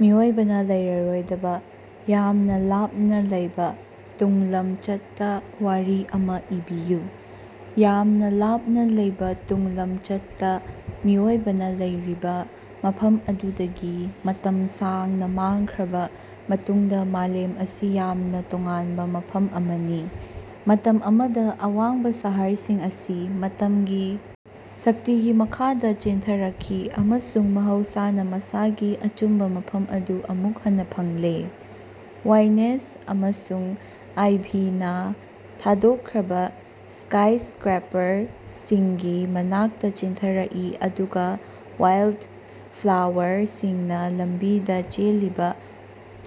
ꯃꯤꯑꯣꯏꯕꯅ ꯂꯩꯔꯔꯣꯏꯗꯕ ꯌꯥꯝꯅ ꯂꯥꯞꯅ ꯂꯩꯕ ꯇꯨꯡꯂꯝꯆꯠꯇ ꯋꯥꯔꯤ ꯑꯃ ꯏꯕꯤꯌꯨ꯫ ꯌꯥꯝꯅ ꯂꯥꯞꯅ ꯂꯩꯕ ꯇꯨꯡꯂꯝꯆꯠꯇ ꯃꯤꯑꯣꯏꯕꯅ ꯂꯩꯔꯤꯕ ꯃꯐꯝ ꯑꯗꯨꯗꯒꯤ ꯃꯇꯝ ꯁꯥꯡꯅ ꯃꯥꯡꯈ꯭ꯔꯕ ꯃꯇꯨꯡꯗ ꯃꯥꯂꯦꯝ ꯑꯁꯤ ꯌꯥꯝꯅ ꯇꯣꯉꯥꯟꯕ ꯃꯐꯝ ꯑꯃꯅꯤ꯫ ꯃꯇꯝ ꯑꯃꯗ ꯑꯋꯥꯡꯕ ꯁꯍꯔꯁꯤꯡ ꯑꯁꯤ ꯃꯇꯝꯒꯤ ꯁꯛꯇꯤꯒꯤ ꯃꯈꯥꯗ ꯆꯦꯟꯊꯔꯛꯈꯤ ꯑꯃꯁꯨꯡ ꯃꯍꯧꯁꯥꯅ ꯃꯁꯥꯒꯤ ꯑꯆꯨꯝꯕ ꯃꯐꯝ ꯑꯗꯨ ꯑꯃꯨꯛ ꯍꯟꯅ ꯐꯪꯂꯦ꯫ ꯋꯥꯏꯅꯦꯁ ꯑꯃꯁꯨꯡ ꯑꯥꯏꯚꯤꯅꯥ ꯊꯥꯗꯣꯛꯈ꯭ꯔꯕ ꯁ꯭ꯀꯥꯏꯁꯀ꯭ꯔꯦꯄꯔꯁꯤꯡꯒꯤ ꯃꯅꯥꯛꯇ ꯆꯦꯟꯊꯔꯛꯏ ꯑꯗꯨꯒ ꯋꯥꯏꯜꯗꯐ꯭ꯂꯥꯋꯔꯁꯤꯡꯅ ꯂꯝꯕꯤꯗ ꯆꯦꯜꯂꯤꯕ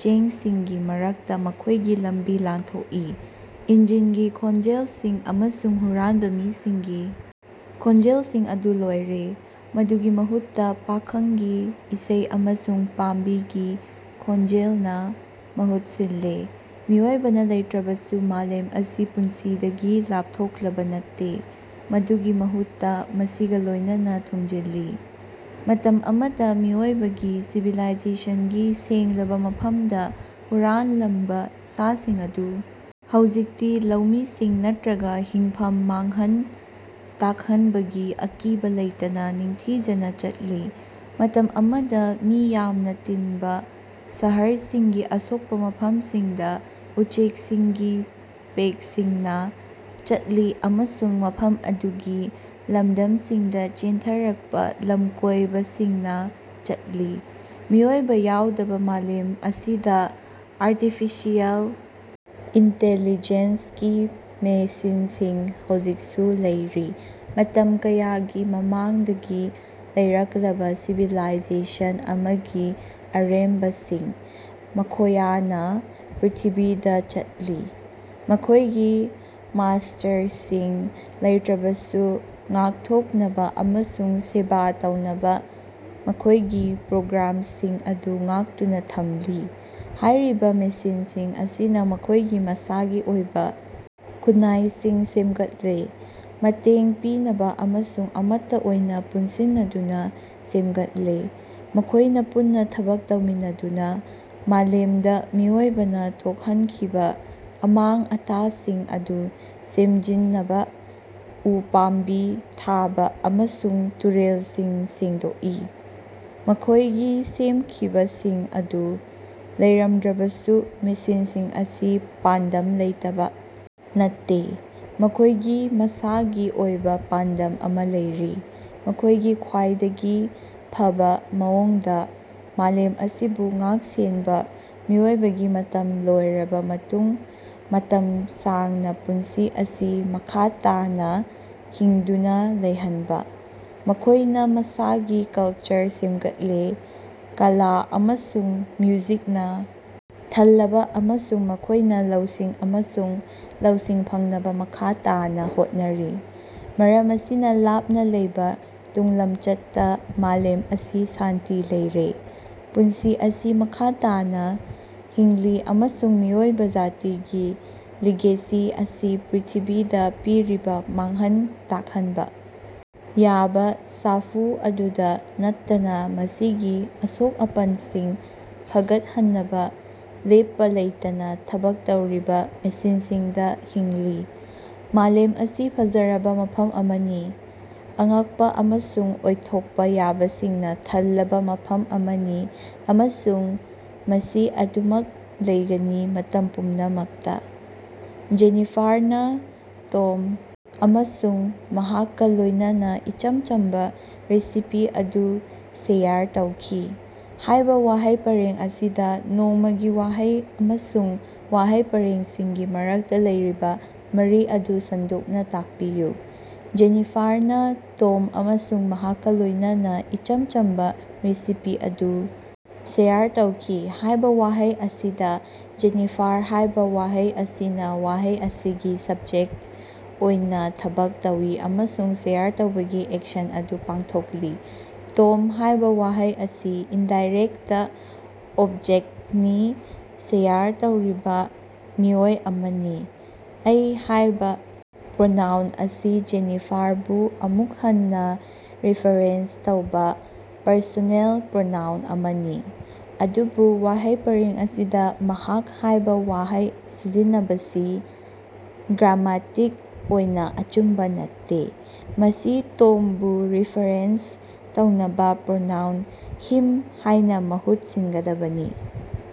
ꯆꯦꯡꯁꯤꯡꯒꯤ ꯃꯔꯛꯇ ꯃꯈꯣꯏꯒꯤ ꯂꯝꯕꯤ ꯂꯥꯟꯊꯣꯛꯏ꯫ ꯏꯟꯖꯤꯟꯒꯤ ꯈꯣꯟꯖꯦꯜꯁꯤꯡ ꯑꯃꯁꯨꯡ ꯍꯨꯔꯥꯟꯕ ꯃꯤꯁꯤꯡꯒꯤ ꯈꯣꯟꯖꯦꯜꯁꯤꯡ ꯑꯗꯨ ꯂꯣꯏꯔꯦ꯫ ꯃꯗꯨꯒꯤ ꯃꯍꯨꯠꯇ ꯄꯥꯈꯪꯒꯤ ꯏꯁꯩ ꯑꯃꯁꯨꯡ ꯄꯥꯝꯕꯤꯒꯤ ꯈꯣꯟꯖꯦꯜꯅ ꯃꯍꯨꯠ ꯁꯤꯜꯂꯦ꯫ ꯃꯤꯑꯣꯏꯕꯅ ꯂꯩꯇ꯭ꯔꯕꯁꯨ ꯃꯥꯂꯦꯝ ꯑꯁꯤ ꯄꯨꯟꯁꯤꯗꯒꯤ ꯂꯥꯞꯊꯣꯛꯂꯕ ꯅꯠꯇꯦ꯫ ꯃꯗꯨꯒꯤ ꯃꯍꯨꯠꯇ ꯃꯁꯤꯒ ꯂꯣꯏꯅꯅ ꯊꯨꯝꯖꯤꯜꯂꯤ꯫ ꯃꯇꯝ ꯑꯃꯗ ꯃꯤꯑꯣꯏꯕꯒꯤ ꯁꯤꯚꯤꯂꯥꯏꯖꯦꯁꯟꯒꯤ ꯁꯦꯡꯂꯕ ꯃꯐꯝꯗ ꯍꯨꯔꯥꯟꯂꯝꯕ ꯁꯥꯁꯤꯡ ꯑꯗꯨ ꯍꯧꯖꯤꯛꯇꯤ ꯂꯧꯃꯤꯁꯤꯡ ꯅꯠꯇ꯭ꯔꯒ ꯍꯤꯡꯐꯝ ꯃꯥꯡꯍꯟ ꯇꯥꯛꯍꯟꯕꯒꯤ ꯑꯀꯤꯕ ꯂꯩꯇꯅ ꯅꯤꯡꯊꯤꯖꯅ ꯆꯠꯂꯤ꯫ ꯃꯇꯝ ꯑꯃꯗ ꯃꯤ ꯌꯥꯝꯅ ꯇꯤꯟꯕ ꯁꯍꯔꯁꯤꯡꯒꯤ ꯑꯁꯣꯛꯄ ꯃꯐꯝꯁꯤꯡꯗ ꯎꯆꯦꯛꯁꯤꯡꯒꯤ ꯄꯦꯛꯁꯤꯡꯅ ꯆꯠꯂꯤ ꯑꯃꯁꯨꯡ ꯃꯐꯝ ꯑꯗꯨꯒꯤ ꯂꯝꯗꯝꯁꯤꯡꯗ ꯆꯦꯟꯊꯔꯛꯄ ꯂꯝꯀꯣꯏꯕꯁꯤꯡꯅ ꯆꯠꯂꯤ꯫ ꯃꯤꯑꯣꯏꯕ ꯌꯥꯎꯗꯕ ꯃꯥꯂꯦꯝ ꯑꯁꯤꯗ ꯑꯥꯔꯇꯤꯐꯤꯁꯤꯌꯦꯜ ꯏꯟꯇꯦꯂꯤꯖꯦꯟꯁ ꯀꯤ ꯃꯦꯁꯤꯟꯁꯤꯡ ꯍꯧꯖꯤꯛꯁꯨ ꯂꯩꯔꯤ꯫ ꯃꯇꯝ ꯀꯌꯥꯒꯤ ꯃꯃꯥꯡꯗꯒꯤ ꯂꯩꯔꯛꯂꯕ ꯁꯤꯚꯤꯂꯥꯏꯖꯦꯁꯟ ꯑꯃꯒꯤ ꯑꯔꯦꯝꯕꯁꯤꯡ, ꯃꯈꯣꯌꯅ ꯄ꯭ꯔꯤꯊꯤꯕꯤꯗ ꯆꯠꯂꯤ, ꯃꯈꯣꯏꯒꯤ ꯃꯥꯁ꯭ꯇꯔꯁꯤꯡ ꯂꯩꯇ꯭ꯔꯕꯁꯨ ꯉꯥꯛꯊꯣꯛꯅꯕ ꯑꯃꯁꯨꯡ ꯁꯦꯕꯥ ꯇꯧꯅꯕ ꯃꯈꯣꯏꯒꯤ ꯄ꯭ꯔꯣꯒ꯭ꯔꯥꯝꯁꯤꯡ ꯑꯗꯨ ꯉꯥꯛꯇꯨꯅ ꯊꯝꯂꯤ꯫ ꯍꯥꯏꯔꯤꯕ ꯃꯦꯁꯤꯟꯁꯤꯡ ꯑꯁꯤꯅ ꯃꯈꯣꯏꯒꯤ ꯃꯁꯥꯒꯤ ꯑꯣꯏꯕ ꯈꯨꯟꯅꯥꯏꯁꯤꯡ ꯁꯦꯝꯒꯠꯂꯦ꯫ ꯃꯇꯦꯡ ꯄꯤꯅꯕ ꯑꯃꯁꯨꯡ ꯑꯃꯠꯇ ꯑꯣꯏꯅ ꯄꯨꯟꯁꯤꯟꯅꯗꯨꯅ ꯁꯦꯝꯒꯠꯂꯦ꯫ ꯃꯈꯣꯏꯅ ꯄꯨꯟꯅ ꯊꯕꯛ ꯇꯧꯃꯤꯟꯅꯗꯨꯅ ꯃꯥꯂꯦꯝꯗ ꯃꯤꯑꯣꯏꯕꯅ ꯊꯣꯛꯍꯟꯈꯤꯕ ꯑꯃꯥꯡ-ꯑꯇꯥꯁꯤꯡ ꯑꯗꯨ ꯁꯦꯝꯖꯤꯟꯅꯕ, ꯎ ꯄꯥꯝꯕꯤ ꯊꯥꯕ ꯑꯃꯁꯨꯡ ꯇꯨꯔꯦꯜꯁꯤꯡ ꯁꯦꯡꯗꯣꯛꯏ꯫ ꯃꯈꯣꯏꯒꯤ ꯁꯦꯝꯈꯤꯕꯁꯤꯡ ꯑꯗꯨ ꯂꯩꯔꯝꯗ꯭ꯔꯕꯁꯨ ꯃꯦꯁꯤꯟꯁꯤꯡ ꯑꯁꯤ ꯄꯥꯟꯗꯝ ꯂꯩꯇꯕ ꯅꯠꯇꯦ꯫ ꯃꯈꯣꯏꯒꯤ ꯃꯁꯥꯒꯤ ꯑꯣꯏꯕ ꯄꯥꯟꯗꯝ ꯑꯃ ꯂꯩꯔꯤ: ꯃꯈꯣꯏꯒꯤ ꯈ꯭ꯋꯥꯏꯗꯒꯤ ꯐꯕ ꯃꯑꯣꯡꯗ ꯃꯥꯂꯦꯝ ꯑꯁꯤꯕꯨ ꯉꯥꯛ-ꯁꯦꯟꯕ, ꯃꯤꯑꯣꯏꯕꯒꯤ ꯃꯇꯝ ꯂꯣꯏꯔꯕ ꯃꯇꯨꯡ ꯃꯇꯝ ꯁꯥꯡꯅ ꯄꯨꯟꯁꯤ ꯑꯁꯤ ꯃꯈꯥ ꯇꯥꯅ ꯍꯤꯡꯗꯨꯅ ꯂꯩꯍꯟꯕ, ꯃꯈꯣꯏꯅ ꯃꯁꯥꯒꯤ ꯀꯜꯆꯔ ꯁꯦꯝꯒꯠꯂꯦ, ꯀꯂꯥ ꯑꯃꯁꯨꯡ ꯃ꯭ꯌꯨꯖꯤꯛꯅ ꯊꯜꯂꯕ ꯑꯃꯁꯨꯡ ꯃꯈꯣꯏꯅ ꯂꯧꯁꯤꯡ ꯑꯃꯁꯨꯡ ꯂꯧꯁꯤꯡ ꯐꯪꯅꯕ ꯃꯈꯥ ꯇꯥꯅ ꯍꯣꯠꯅꯔꯤ꯫ ꯃꯔꯝ ꯑꯁꯤꯅ ꯂꯥꯞꯅ ꯂꯩꯕ ꯇꯨꯡꯂꯝꯆꯠꯇ ꯃꯥꯂꯦꯝ ꯑꯁꯤ ꯁꯥꯟꯇꯤ ꯂꯩꯔꯦ꯫ ꯄꯨꯟꯁꯤ ꯑꯁꯤ ꯃꯈꯥ ꯇꯥꯅ ꯍꯤꯡꯂꯤ ꯑꯃꯁꯨꯡ ꯃꯤꯑꯣꯏꯕ ꯖꯥꯇꯤꯒꯤ ꯂꯤꯒꯦꯁꯤ ꯑꯁꯤ ꯄ꯭ꯔꯤꯊꯤꯕꯤꯗ ꯄꯤꯔꯤꯕ ꯃꯥꯡꯍꯟ ꯇꯥꯛꯍꯟꯕ ꯌꯥꯕ ꯁꯥꯐꯨ ꯑꯗꯨꯗ ꯅꯠꯇꯅ ꯃꯁꯤꯒꯤ ꯑꯁꯣꯛ-ꯑꯄꯟꯁꯤꯡ ꯐꯒꯠꯍꯟꯅꯕ ꯂꯦꯞꯄ ꯂꯩꯇꯅ ꯊꯕꯛ ꯇꯧꯔꯤꯕ ꯃꯦꯁꯤꯟꯁꯤꯡꯗ ꯍꯤꯡꯂꯤ꯫ ꯃꯥꯂꯦꯝ ꯑꯁꯤ ꯐꯖꯔꯕ ꯃꯐꯝ ꯑꯃꯅꯤ꯫ ꯑꯉꯛꯄ ꯑꯃꯁꯨꯡ ꯑꯣꯏꯊꯣꯛꯄ ꯌꯥꯕꯁꯤꯡꯅ ꯊꯜꯂꯕ ꯃꯐꯝ ꯑꯃꯅꯤ ꯑꯃꯁꯨꯡ ꯃꯁꯤ ꯑꯗꯨꯃꯛ ꯂꯩꯒꯅꯤ ꯃꯇꯝ ꯄꯨꯝꯅꯃꯛꯇ꯫ "ꯖꯦꯅꯤꯐꯥꯔꯅ ꯇꯣꯝ ꯑꯃꯁꯨꯡ ꯃꯍꯥꯛꯀ ꯂꯣꯏꯅꯅ ꯏꯆꯝ ꯆꯝꯕ ꯔꯦꯁꯤꯄꯤ ꯑꯗꯨ ꯁꯦꯌꯔ ꯇꯧꯈꯤ" ꯍꯥꯏꯕ ꯋꯥꯍꯩ ꯄꯔꯦꯡ ꯑꯁꯤꯗ ꯅꯣꯡꯃꯒꯤ ꯋꯥꯍꯩ ꯑꯃꯁꯨꯡ ꯋꯥꯍꯩ ꯄꯔꯦꯡꯁꯤꯡꯒꯤ ꯃꯔꯛꯇ ꯂꯩꯔꯤꯕ ꯃꯔꯤ ꯑꯗꯨ ꯁꯟꯗꯣꯛꯅ ꯇꯥꯛꯄꯤꯌꯨ꯫ "ꯖꯦꯅꯤꯐꯥꯔꯅ ꯇꯣꯝ ꯑꯃꯁꯨꯡ ꯃꯍꯥꯛꯀ ꯂꯣꯏꯅꯅ ꯏꯆꯝ ꯆꯝꯕ ꯔꯦꯁꯤꯄꯤ ꯑꯗꯨ ꯁꯦꯌꯔ ꯇꯧꯈꯤ" ꯍꯥꯏꯕ ꯋꯥꯍꯩ ꯑꯁꯤꯗ 'ꯖꯦꯅꯤꯐꯥꯔ' ꯍꯥꯏꯕ ꯋꯥꯍꯩ ꯑꯁꯤꯅ ꯋꯥꯍꯩ ꯑꯁꯤꯒꯤ ꯁꯕꯖꯦꯛꯇ ꯑꯣꯏꯅ ꯊꯕꯛ ꯇꯧꯏ ꯑꯃꯁꯨꯡ ꯁꯦꯌꯔ ꯇꯧꯕꯒꯤ ꯑꯦꯛꯁꯟ ꯑꯗꯨ ꯄꯥꯡꯊꯣꯛꯂꯤ꯫ 'ꯇꯣꯝ' ꯍꯥꯏꯕ ꯋꯥꯍꯩ ꯑꯁꯤ ꯏꯟꯗꯥꯏꯔꯦꯛꯇ ꯑꯣꯕꯖꯦꯛꯇꯅꯤ, ꯁꯦꯌꯔ ꯇꯧꯔꯤꯕ ꯃꯤꯑꯣꯏ ꯑꯃꯅꯤ꯫ 'ꯑꯩ' ꯍꯥꯏꯕ ꯄ꯭ꯔꯣꯅꯥꯎꯟ ꯑꯁꯤ ꯖꯦꯅꯤꯐꯥꯔꯕꯨ ꯑꯃꯨꯛ ꯍꯟꯅ ꯔꯤꯐꯔꯦꯟꯁ ꯇꯧꯕ ꯄꯔꯁꯣꯅꯦꯜ ꯄ꯭ꯔꯣꯅꯥꯎꯟ ꯑꯃꯅꯤ꯫ ꯑꯗꯨꯕꯨ ꯋꯥꯍꯩ ꯄꯔꯦꯡ ꯑꯁꯤꯗ 'ꯃꯍꯥꯛ' ꯍꯥꯏꯕ ꯋꯥꯍꯩ ꯁꯤꯖꯤꯟꯅꯕꯁꯤ ꯒ꯭ꯔꯥꯃꯇꯤꯛ ꯑꯣꯏꯅ ꯑꯆꯨꯝꯕ ꯅꯠꯇꯦ꯫ ꯃꯁꯤ ꯇꯣꯝꯕꯨ ꯔꯤꯐꯔꯦꯟꯁ ꯇꯧꯅꯕ ꯄ꯭ꯔꯣꯅꯥꯎꯟ 'ꯍꯤꯝ' ꯍꯥꯏꯅ ꯃꯍꯨꯠ ꯁꯤꯟꯒꯗꯕꯅꯤ꯫